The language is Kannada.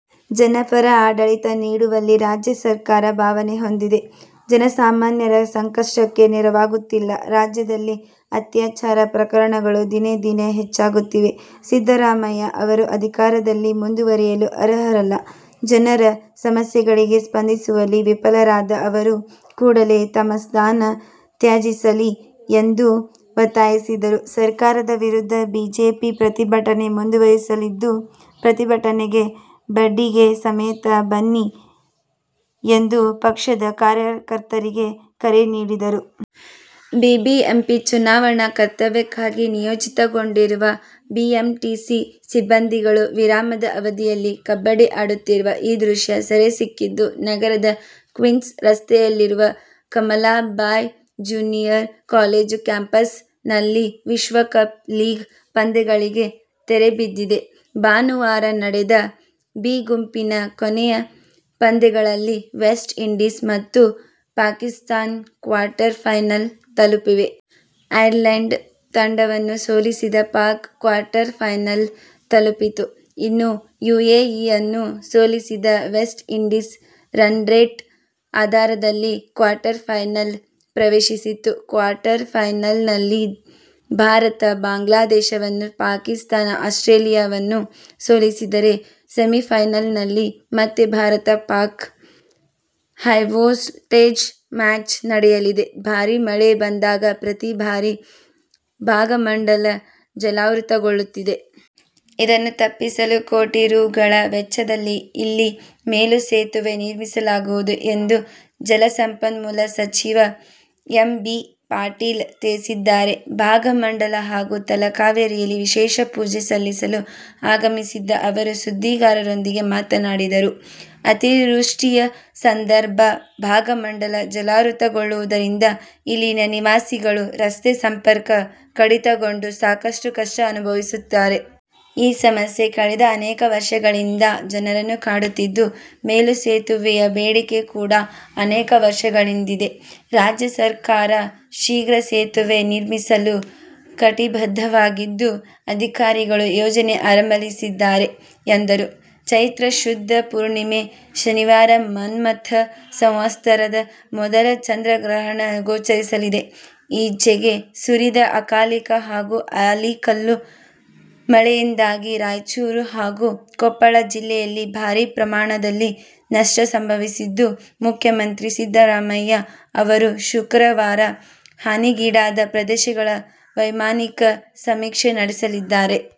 ಜನಪರ ಆಡಳಿತ ನೀಡುವಲ್ಲಿ ರಾಜ್ಯ ಸರ್ಕಾರ ಭಾವನೆ ಹೊಂದಿದೆ. ಜನಸಾಮಾನ್ಯರ ಸಂಕಷ್ಟಕ್ಕೆ ನೆರವಾಗುತ್ತಿಲ್ಲ. ರಾಜ್ಯದಲ್ಲಿ ಅತ್ಯಾಚಾರ ಪ್ರಕರಣಗಳು ದಿನೇ ದಿನೆ ಹೆಚ್ಚಾಗುತ್ತಿವೆ. ಸಿದ್ದರಾಮಯ್ಯ ಅವರು ಅಧಿಕಾರದಲ್ಲಿ ಮುಂದುವರಿಯಲು ಅರ್ಹರಲ್ಲ. ಜನರ ಸಮಸ್ಯೆಗಳಿಗೆ ಸ್ಪಂದಿಸುವಲ್ಲಿ ವಿಫಲರಾದ ಅವರು ಕೂಡಲೇ ತಮ್ಮ ಸ್ಥಾನ ತ್ಯಜಿಸಲಿ ಎಂದು ಒತ್ತಾಯಿಸಿದರು. ಸರಕಾರದ ವಿರುದ್ಧ ಬಿಜೆಪಿ ಪ್ರತಿಭಟನೆ ಮುಂದುವರಿಸಲಿದ್ದು, ಪ್ರತಿಭಟನೆಗೆ ಬಡಿಗೆ ಸಮೇತ ಬನ್ನಿ ಎಂದು ಪಕ್ಷದ ಕಾರ್ಯಕರ್ತರಿಗೆ ಕರೆ ನೀಡಿದರು. ಬಿಬಿಎಂಪಿ ಚುನಾವಣಾ ಕರ್ತವ್ಯಕ್ಕಾಗಿ ನಿಯೋಜಿತಗೊಂಡಿರುವ ಬಿಎಂಟಿಸಿ ಸಿಬ್ಬಂದಿಗಳು ವಿರಾಮದ ಅವಧಿಯಲ್ಲಿ ಕಬಡ್ಡಿ ಆಡುತ್ತಿರುವ ಈ ದೃಶ್ಯ ಸೆರೆಸಿಕ್ಕಿದ್ದು ನಗರದ ಕ್ವೀನ್ಸ್ ರಸ್ತೆಯಲ್ಲಿರುವ Kamala Bai junior college campus ನಲ್ಲಿ. ವಿಶ್ವಕಪ್ ಲೀಗ್ ಪಂದ್ಯಗಳಿಗೆ ತೆರೆಬಿದ್ದಿದೆ. ಭಾನುವಾರ ನಡೆದ ಬಿ ಗುಂಪಿನ ಕೊನೆ ಪಂದ್ಯಗಳಲ್ಲಿ ವೆಸ್ಟ್ ಇಂಡೀಸ್ ಮತ್ತು ಪಾಕಿಸ್ತಾನ ಕ್ವಾರ್ಟರ್ಫೈನಲ್ ತಲುಪಿವೆ. ಐರ್ಲೆಂಡ್ ತಂಡವನ್ನು ಸೋಲಿಸಿದ ಪಾಕ್ ಕ್ವಾರ್ಟರ್ ಫೈನಲ್ ತಲುಪಿತು. ಇನ್ನು ಯುಎಇಯನ್ನು ಸೋಲಿಸಿದ ವೆಸ್ಟ್ಇಂಡೀಸ್ ರನ್ರೇಟ್ ಆಧಾರದಲ್ಲಿ ಕ್ವಾರ್ಟರ್ ಫೈನಲ್ ಪ್ರವೇಶಿಸಿತು. ಕ್ವಾರ್ಟರ್ ಫೈನಲ್ನಲ್ಲಿ ಭಾರತ ಬಾಂಗ್ಲಾದೇಶವನ್ನು, ಪಾಕಿಸ್ತಾನ ಆಸ್ಟ್ರೇಲಿಯಾವನ್ನು ಸೋಲಿಸಿದರೆ ಸೆಮಿಫೈನಲ್ನಲ್ಲಿ ಮತ್ತೆ ಭಾರತ-ಪಾಕ್ ಹೈವೋಲ್ಟೆಜ್ ಮ್ಯಾಚ್ ನಡೆಯಲಿದೆ. ಭಾರೀ ಮಳೆ ಬಂದಾಗ ಪ್ರತಿ ಬಾರಿ ಭಾಗಮಂಡಲ ಜಲಾವೃತಗೊಳ್ಳುತ್ತಿದೆ. ಇದನ್ನು ತಪ್ಪಿಸಲು ಕೋಟಿ ರೂ. ಗಳ ವೆಚ್ಚದಲ್ಲಿ ಇಲ್ಲಿ ಮೇಲು ಸೇತುವೆ ನಿರ್ಮಿಸಲಾಗುವುದು ಎಂದು ಜಲಸಂಪನ್ಮೂಲ ಸಚಿವ ಎಂ. ಬಿ. ಪಾಟೀಲ ತಿಳಿಸಿದ್ದಾರೆ. ಭಾಗಮಂಡಲ ಹಾಗೂ ತಲಕಾವೇರಿಯಲ್ಲಿ ವಿಶೇಷ ಪೂಜೆ ಸಲ್ಲಿಸಲು ಆಗಮಿಸಿದ ಅವರು ಸುದ್ದಿಗಾರರೊಂದಿಗೆ ಮಾತನಾಡಿದರು. ಅತಿವೃಷ್ಟಿಯ ಸಂದರ್ಭ ಭಾಗಮಂಡಲ ಜಲಾವೃತಗೊಳ್ಳುವುದರಿಂದ ಇಲ್ಲಿನ ನಿವಾಸಿಗಳು ರಸ್ತೆ ಸಂಪರ್ಕ ಕಡಿತಗೊಂಡು ಸಾಕಷ್ಟು ಕಷ್ಟ ಅನುಭವಿಸುತ್ತಾರೆ. ಈ ಸಮಸ್ಯೆ ಕಳೆದ ಅನೇಕ ವರ್ಷಗಳಿಂದ ಜನರನ್ನು ಕಾಡುತ್ತಿದ್ದು, ಮೇಲು ಸೇತುವೆಯ ಬೇಡಿಕೆ ಕೂಡ ಅನೇಕ ವರ್ಷಗಳಿಂದಿದೆ. ರಾಜ್ಯ ಸರಕಾರ ಶೀಘ್ರ ಸೇತುವೆ ನಿರ್ಮಿಸಲು ಕಟಿಬದ್ಧವಾಗಿದ್ದು, ಅಧಿಕಾರಿಗಳು ಯೋಜನೆ ಆರಂಭಿಸಲಿದ್ದಾರೆ ಎಂದರು. ಚೈತ್ರ ಶುದ್ಧ ಪೂರ್ಣಿಮೆ, ಶನಿವಾರ ಮನ್ಮಥ ಸಂವತ್ಸರದ ಮೊದಲ ಚಂದ್ರಗ್ರಹಣ ಗೋಚರಿಸಲಿದೆ. ಈಚೆಗೆ ಸುರಿದ ಅಕಾಲಿಕ ಹಾಗೂ ಆಲಿಕಲ್ಲು ಮಳೆಯಿಂದಾಗಿ ರಾಯಚೂರು ಹಾಗೂ ಕೊಪ್ಪಳ ಜಿಲ್ಲೆಯಲ್ಲಿ ಭಾರಿ ಪ್ರಮಾಣದಲ್ಲಿ ನಷ್ಟ ಸಂಭವಿಸಿದ್ದು, ಮುಖ್ಯಮಂತ್ರಿ ಸಿದ್ದರಾಮಯ್ಯ ಅವರು ಶುಕ್ರವಾರ ಹಾನಿಗೀಡಾದ ಪ್ರದೇಶಗಳ ವೈಮಾನಿಕ ಸಮೀಕ್ಷೆ ನಡೆಸಲಿದ್ದಾರೆ.